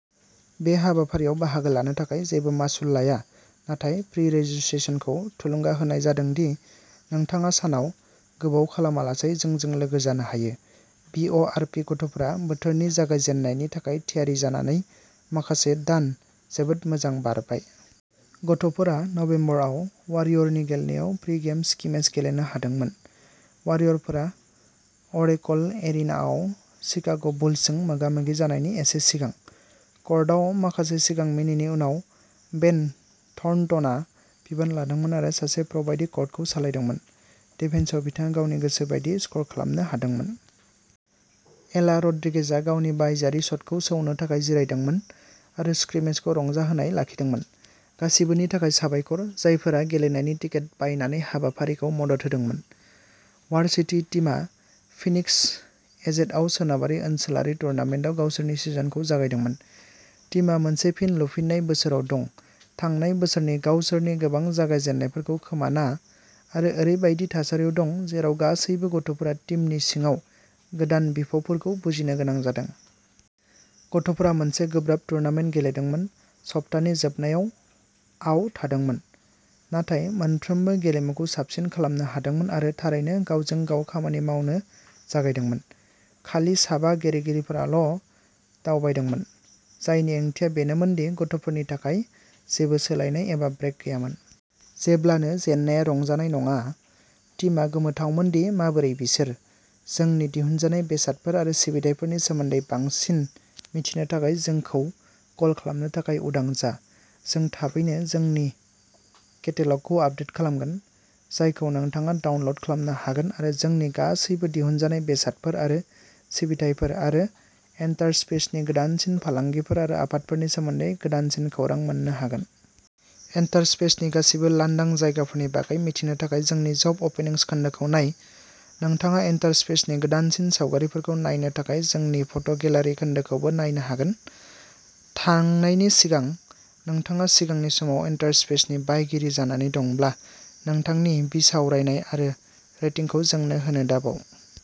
बे हाबाफारियाव बाहागो लानो थाखाय जेबो मासुल लाया नाथाय प्रि-रेजिस्ट्रेशनखौ थुलुंगा होनाय जादों दि नोंथाङा सानाव गोबाव खालामालासै जोंजों लोगो जानो हायो। बि. अ. आर. पि. गथ'फोरा बोथोरनि जागायजेन्नायनि थाखाय थियारि जानानै माखासे दान जोबोद मोजां बारबाय। गथ'फोरा नबेम्बर आव वारियरनि गेलेनायाव प्रि-गेम स्क्रिमेज गेलेनो हादोंमोन, वारियरफोरा अ'रेकल एरिनाआव शिकाग'बुल्सजों मोगा-मोगि जानायनि एसे सिगां। कर्टआव माखासे जिंगा मिनिटननि उनाव, बेन थर्नटनआ बिबान लादोंमोन आरो सासे प्र'बायदि कर्टखौ सालायदोंमोन। डिफेन्सआव बिथाङा गावनि गोसो बादियै स्क'र खालामनो हादोंमोन। एला रड्रिगेजआ गावनि बायजोआरि शटखौ सौनो थाखाय जिरायदोंमोन आरो स्क्रिमेजखौ रंजाहोनाय लाखिदोंमोन। गासिबोनि थाखाय साबायखर, जायफोरा गेलेनायनि टिकेट बायनानै हाबाफारिखौ मदद होदोंमोन। वार्सिटी टीमा फिनिक्स, एजेडआव सोनाबारि ओनसोलारि टुर्नामेन्टआव गावसोरनि सिजनखौ जागायदोंमोन। टीमा मोनसे फिन लुफिननाय बोसोराव दं, थांनाय बोसोरनि गावसोरनि गोबां जागायजेन्नायफोरखौ खोमाना, आरो ओरैबायदि थासारियाव दं जेराव गासैबो गथ'फोरा टीमनि सिङाव गोदान बिफावफोरखौ बुजिनो गोनां जादों। गथ'फोरा मोनसे गोब्राब टुर्नामेन्ट गेलेदोंमोन, सप्तानि जोबनायाव आव थांदोंमोन, नाथाय मोनफ्रोमबो गेलेमुखौ साबसिन खालामनो हादोंमोन आरो थारैनो गावजों-गाव खामानि मावनो जागायदोंमोन। खालि साबा गेलेगिरिफोराल'दावबायदोंमोन, जायनि ओंथिया बेनोमोन दि गथ'फोरनि थाखाय जेबो सोलायनाय एबा ब्रेक गैयामोन। जेब्लानो जेननाया रंजानाय नङा, टीमा गोमोथावमोन दि माबोरै बिसोर। जोंनि दिहुनजानाय बेसादफोर आरो सिबिथाइफोरनि सोमोन्दै बांसिन मिथिनो थाखाय जोंखौ कल खालामनो थाखाय उदां जा। जों थाबैनो जोंनि केटेल'गखौ आपदेट खालामगोन, जायखौ नोंथाङा डाउनल'ड खालामनो हागोन आरो जोंनि गासैबो दिहुनजानाय बेसादफोर आरो सिबिथायफोर आरो इन्टारस्पेसनि गोदानसिन फालांगिफोर आरो अफारफोरनि सोमोन्दै गोदानसिन खौरां मोन्नो हागोन। इन्टारस्पेसनि गासिबो लांदां जायगाफोरनि बागै मिथिनो थाखाय जोंनि जब ओपनिंस खोन्दोखौ नाय। नोंथाङा इन्टारस्पेसनि गोदानसिन सावगारिफोरखौ नायनो थाखाय जोंनि फट'गेलारि खोन्दोखौबो नायनो हागोन। थांनायनि सिगां, नोंथाङा सिगांनि समाव इन्टारस्पेसनि बायगिरि जानानै दंब्ला नोंथांनि बिसावरायनाय आरो रेटिंखौ जोंनो होनो दाबाव।